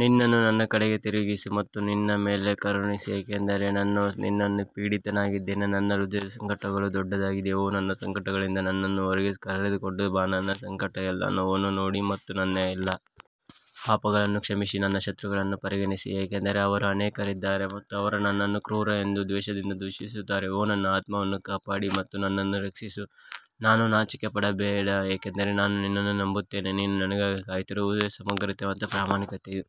ನಿನ್ನನ್ನು ನನ್ನ ಕಡೆಗೆ ತಿರುಗಿಸಿ ಮತ್ತು ನನ್ನ ಮೇಲೆ ಕರುಣಿಸು, ಏಕೆಂದರೆ ನಾನು ನಿರ್ಜನ ಮತ್ತು ಪೀಡಿತನಾಗಿದ್ದೇನೆ ನನ್ನ ಹೃದಯದ ಸಂಕಟಗಳು ದೊಡ್ಡದಾಗಿದೆ ಓ ನನ್ನ ಸಂಕಟಗಳಿಂದ ನನ್ನನ್ನು ಹೊರಗೆ ಕರೆದುಕೊಂಡು ಬಾ ನನ್ನ ಸಂಕಟ ಮತ್ತು ನನ್ನ ನೋವನ್ನು ನೋಡಿ ಮತ್ತು ನನ್ನ ಎಲ್ಲಾ ಪಾಪಗಳನ್ನು ಕ್ಷಮಿಸಿ ನನ್ನ ಶತ್ರುಗಳನ್ನು ಪರಿಗಣಿಸಿ ಏಕೆಂದರೆ ಅವರು ಅನೇಕರಿದ್ದಾರೆ ಮತ್ತು ಅವರು ನನ್ನನ್ನು ಕ್ರೂರ ದ್ವೇಷದಿಂದ ದ್ವೇಷಿಸುತ್ತಾರೆ ಓ ನನ್ನ ಆತ್ಮವನ್ನು ಕಾಪಾಡಿ ಮತ್ತು ನನ್ನನ್ನು ರಕ್ಷಿಸು, ನಾನು ನಾಚಿಕೆಪಡಬೇಡ, ಏಕೆಂದರೆ ನಾನು ನಿನ್ನನ್ನು ನಂಬುತ್ತೇನೆ ನಾನು ನಿನಗಾಗಿ ಕಾಯುತ್ತಿರುವುದಕ್ಕಾಗಿ ಸಮಗ್ರತೆ ಮತ್ತು ಪ್ರಾಮಾಣಿಕತೆಯು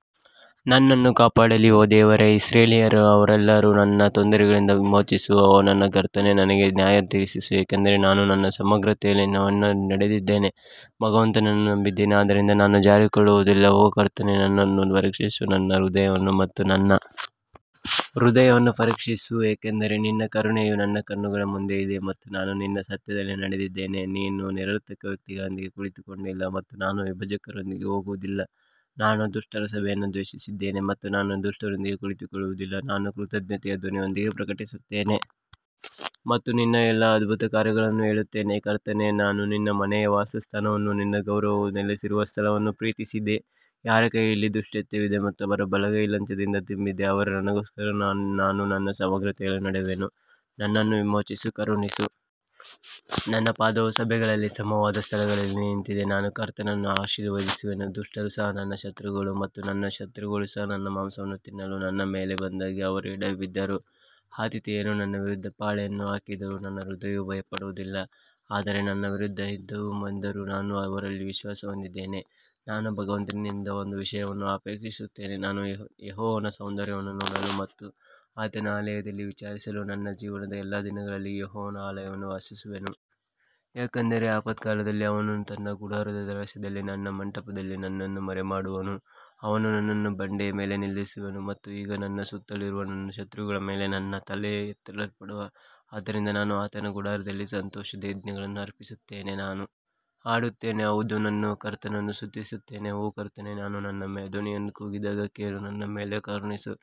ನನ್ನನ್ನು ಕಾಪಾಡಲಿ ಓ ದೇವರೇ ಇಸ್ರಾಯೇಲ್ಯರನ್ನು ಅವನ ಎಲ್ಲಾ ತೊಂದರೆಗಳಿಂದ ವಿಮೋಚಿಸು ಓ ಕರ್ತನೇ ನನಗೆ ನ್ಯಾಯತೀರಿಸು ಯಾಕಂದರೆ ನಾನು ನನ್ನ ಸಮಗ್ರತೆಯಲ್ಲಿ ನಡೆದಿದ್ದೇನೆ ನಾನು ಭಗವಂತನನ್ನು ನಂಬಿದ್ದೇನೆ ಆದ್ದರಿಂದ ನಾನು ಜಾರಿಕೊಳ್ಳುವುದಿಲ್ಲ ಓ ಕರ್ತನೇ ನನ್ನನ್ನು ಪರೀಕ್ಷಿಸು ಮತ್ತು ನನ್ನ ಹೃದಯವನ್ನು ಮತ್ತು ನನ್ನ ಹೃದಯವನ್ನು ಪರೀಕ್ಷಿಸು ಯಾಕಂದರೆ ನಿನ್ನ ಕರುಣೆಯು ನನ್ನ ಕಣ್ಣುಗಳ ಮುಂದೆ ಇದೆ ಮತ್ತು ನಾನು ನಿನ್ನ ಸತ್ಯದಲ್ಲಿ ನಡೆದಿದ್ದೇನೆ ನಾನು ನಿರರ್ಥಕ ವ್ಯಕ್ತಿಗಳೊಂದಿಗೆ ಕುಳಿತುಕೊಂಡಿಲ್ಲ ಮತ್ತು ನಾನು ವಿಭಜಕರೊಂದಿಗೆ ಹೋಗುವುದಿಲ್ಲ ನಾನು ದುಷ್ಟರ ಸಭೆಯನ್ನು ದ್ವೇಷಿಸಿದ್ದೇನೆ ಮತ್ತು ದುಷ್ಟರೊಂದಿಗೆ ಕುಳಿತುಕೊಳ್ಳುವುದಿಲ್ಲ ನಾನು ಕೃತಜ್ಞತೆಯ ಧ್ವನಿಯೊಂದಿಗೆ ಪ್ರಕಟಿಸುತ್ತೇನೆ ಮತ್ತು ನಿನ್ನ ಎಲ್ಲಾ ಅದ್ಭುತ ಕಾರ್ಯಗಳನ್ನು ಹೇಳುತ್ತೇನೆ ಕರ್ತನೇ ನಾನು ನಿನ್ನ ಮನೆಯ ವಾಸಸ್ಥಾನವನ್ನೂ ನಿನ್ನ ಗೌರವವು ನೆಲೆಸಿರುವ ಸ್ಥಳವನ್ನೂ ಪ್ರೀತಿಸಿದೆ ಯಾರ ಕೈಯಲ್ಲಿ ದುಷ್ಕೃತ್ಯವಿದೆ ಮತ್ತು ಅವರ ಬಲಗೈ ಲಂಚದಿಂದ ತುಂಬಿದೆ ಆದರೆ ನನಗೋಸ್ಕರ ನಾನು ನನ್ನ ಸಮಗ್ರತೆಯಲ್ಲಿ ನಡೆಯುವೆನು, ನನ್ನನ್ನು ವಿಮೋಚಿಸಿ ಕರುಣಿಸುತ್ತೇನೆ ನನ್ನ ಪಾದವು ಸಭೆಗಳಲ್ಲಿ ಸಮವಾದ ಸ್ಥಳದಲ್ಲಿ ನಿಂತಿದೆ ನಾನು ಕರ್ತನನ್ನು ಆಶೀರ್ವದಿಸುವೆನು ದುಷ್ಟರು ಸಹ ನನ್ನ ಶತ್ರುಗಳು ಮತ್ತು ನನ್ನ ಶತ್ರುಗಳು ನನ್ನ ಮಾಂಸವನ್ನು ತಿನ್ನಲು ನನ್ನ ಮೇಲೆ ಬಂದಾಗ ಅವರು ಎಡವಿ ಬಿದ್ದರು ಆತಿಥೇಯರು ನನ್ನ ವಿರುದ್ಧ ಪಾಳೆಯವನ್ನು ಹಾಕಿದರೂ ನನ್ನ ಹೃದಯವು ಭಯಪಡುವುದಿಲ್ಲ, ಆದರೆ ನನ್ನ ವಿರುದ್ಧ ಯುದ್ಧವು ಎದ್ದರೂ ನಾನು ಅದರಲ್ಲಿ ವಿಶ್ವಾಸ ಹೊಂದಿದ್ದೇನೆ ನಾನು ಭಗವಂತನಿಂದ ಒಂದು ವಿಷಯವನ್ನು ಅಪೇಕ್ಷಿಸುತ್ತೇನೆ, ನಾನು ಯೆಹೋವನ ಸೌಂದರ್ಯವನ್ನು ನೋಡಲು ಮತ್ತು ಆತನ ಆಲಯದಲ್ಲಿ ವಿಚಾರಿಸಲು ನನ್ನ ಜೀವನದ ಎಲ್ಲಾ ದಿನಗಳಲ್ಲಿ ಯೆಹೋವನ ಆಲಯದಲ್ಲಿ ವಾಸಿಸುವೆನು. ಯಾಕಂದರೆ ಆಪತ್ಕಾಲದಲ್ಲಿ ಅವನು ತನ್ನ ಗುಡಾರದ ರಹಸ್ಯದಲ್ಲಿ ತನ್ನ ಮಂಟಪದಲ್ಲಿ ನನ್ನನ್ನು ಮರೆಮಾಡುವನು, ಅವನು ನನ್ನನ್ನು ಬಂಡೆಯ ಮೇಲೆ ನಿಲ್ಲಿಸುವನು ಮತ್ತು ಈಗ ನನ್ನ ಸುತ್ತಲಿರುವ ನನ್ನ ಶತ್ರುಗಳ ಮೇಲೆ ನನ್ನ ತಲೆಯು ಎತ್ತಲ್ಪಡುವದು ಆದ್ದರಿಂದ ನಾನು ಆತನ ಗುಡಾರದಲ್ಲಿ ಸಂತೋಷದ ಯಜ್ಞಗಳನ್ನು ಅರ್ಪಿಸುತ್ತೇನೆ ನಾನು ಹಾಡುತ್ತೇನೆ ಹೌದು ನಾನು ಕರ್ತನನ್ನು ಸ್ತುತಿಸುತ್ತೇನೆ ಓ ಕರ್ತನೇ ನಾನು ನನ್ನ ಧ್ವನಿಯಿಂದ ಕೂಗಿದಾಗ ಕೇಳು, ನನ್ನ ಮೇಲೆ ಕರುಣಿಸು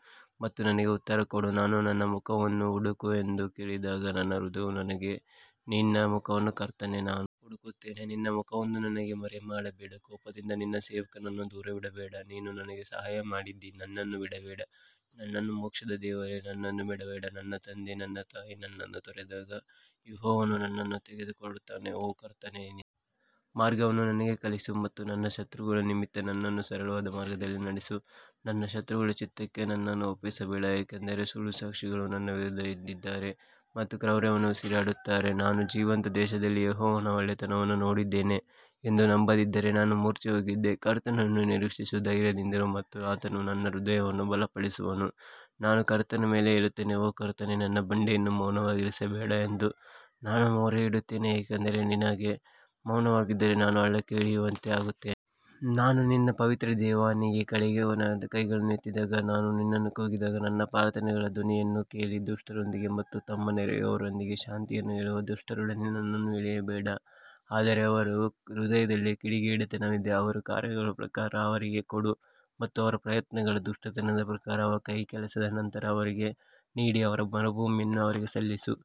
ಮತ್ತು ನನಗೆ ಉತ್ತರ ಕೊಡು ನೀನು ನನ್ನ ಮುಖವನ್ನು ಹುಡುಕು ಎಂದು ಹೇಳಿದಾಗ ನನ್ನ ಹೃದಯವು ನಿನಗೆ ಹೇಳಿದೆ ನಿನ್ನ ಮುಖವನ್ನು ಕರ್ತನೇ ನಾನು ಹುಡುಕುತ್ತೇನೆ ನಿನ್ನ ಮುಖವನ್ನು ನನಗೆ ಮರೆಮಾಡಬೇಡ ಕೋಪದಿಂದ ನಿನ್ನ ಸೇವಕನನ್ನು ದೂರವಿಡಬೇಡ, ನೀನು ನನಗೆ ಸಹಾಯ ಮಾಡಿದ್ದೀ, ನನ್ನನ್ನು ಬಿಡಬೇಡ, ನನ್ನ ಮೋಕ್ಷದ ದೇವರೇ, ನನ್ನನ್ನು ಬಿಡಬೇಡ ನನ್ನ ತಂದೆ ಮತ್ತು ನನ್ನ ತಾಯಿ ನನ್ನನ್ನು ತೊರೆದಾಗ ಯೆಹೋವನು ನನ್ನನ್ನು ತೆಗೆದುಕೊಳ್ಳುತ್ತಾನೆ ಓ ಕರ್ತನೇ ನಿನ್ನ ಮಾರ್ಗವನ್ನು ನನಗೆ ಕಲಿಸು ಮತ್ತು ನನ್ನ ಶತ್ರುಗಳ ನಿಮಿತ್ತ ನನ್ನನ್ನು ಸರಳವಾದ ಮಾರ್ಗದಲ್ಲಿ ನಡೆಸು ನನ್ನ ಶತ್ರುಗಳ ಚಿತ್ತಕ್ಕೆ ನನ್ನನ್ನು ಒಪ್ಪಿಸಬೇಡಿ ಏಕೆಂದರೆ ಸುಳ್ಳು ಸಾಕ್ಷಿಗಳು ನನ್ನ ವಿರುದ್ಧ ಎದ್ದಿದ್ದಾರೆ ಮತ್ತು ಕ್ರೌರ್ಯವನ್ನು ಉಸಿರಾಡುತ್ತಾರೆ ನಾನು ಜೀವಂತರ ದೇಶದಲ್ಲಿ ಯೆಹೋವನ ಒಳ್ಳೆಯತನವನ್ನು ನೋಡುತ್ತೇನೆ ಎಂದು ನಂಬದಿದ್ದರೆ ನಾನು ಮೂರ್ಛೆ ಹೋಗಿದ್ದೆ ಕರ್ತನನ್ನು ನಿರೀಕ್ಷಿಸಿ ಧೈರ್ಯದಿಂದಿರು ಮತ್ತು ಆತನು ನಿನ್ನ ಹೃದಯವನ್ನು ಬಲಪಡಿಸುವನು, ನಾನು ಕರ್ತನ ಮೇಲೆ ಹೇಳುತ್ತೇನೆ ಓ ಕರ್ತನೇ ನನ್ನ ಬಂಡೆಯನ್ನು ಮೌನವಾಗಿರಿಸಬೇಡ ಎಂದು ನಾನು ನಿನಗೆ ಮೊರೆಯಿಡುತ್ತೇನೆ, ಏಕೆಂದರೆ ನೀನು ನನಗೆ ಮೌನವಾಗಿದ್ದರೆ ನಾನು ಹಳ್ಳಕ್ಕೆ ಇಳಿಯುವವರಂತೆ ಆಗುತ್ತೇನೆ. ನಾನು ನಿನ್ನ ಪವಿತ್ರ ದೇವವಾಣಿಯ ಕಡೆಗೆ ನನ್ನ ಕೈಗಳನ್ನು ಎತ್ತಿದಾಗ ನಾನು ನಿನ್ನನ್ನು ಕೂಗಿದಾಗ ನನ್ನ ಪ್ರಾರ್ಥನೆಗಳ ಧ್ವನಿಯನ್ನು ಕೇಳಿ ದುಷ್ಟರೊಂದಿಗೆ ಮತ್ತು ತಮ್ಮ ನೆರೆಹೊರೆಯವರೊಂದಿಗೆ ಶಾಂತಿಯನ್ನು ಹೇಳುವ ದುಷ್ಟರೊಡನೆ ನನ್ನನ್ನು ಎಳೆಯಬೇಡಿ ಆದರೆ ಅವರ ಹೃದಯದಲ್ಲಿ ಕಿಡಿಗೇಡಿತನವಿದೆ. ಅವರ ಕಾರ್ಯಗಳ ಪ್ರಕಾರ ಅವರಿಗೆ ಕೊಡು ಮತ್ತು ಅವರ ಪ್ರಯತ್ನಗಳ ದುಷ್ಟತನದ ಪ್ರಕಾರ ಅವರ ಕೈಗಳ ಕೆಲಸದ ನಂತರ ಅವರಿಗೆ ನೀಡಿ ಅವರ ಮರುಭೂಮಿಯನ್ನು ಅವರಿಗೆ ಸಲ್ಲಿಸಿ.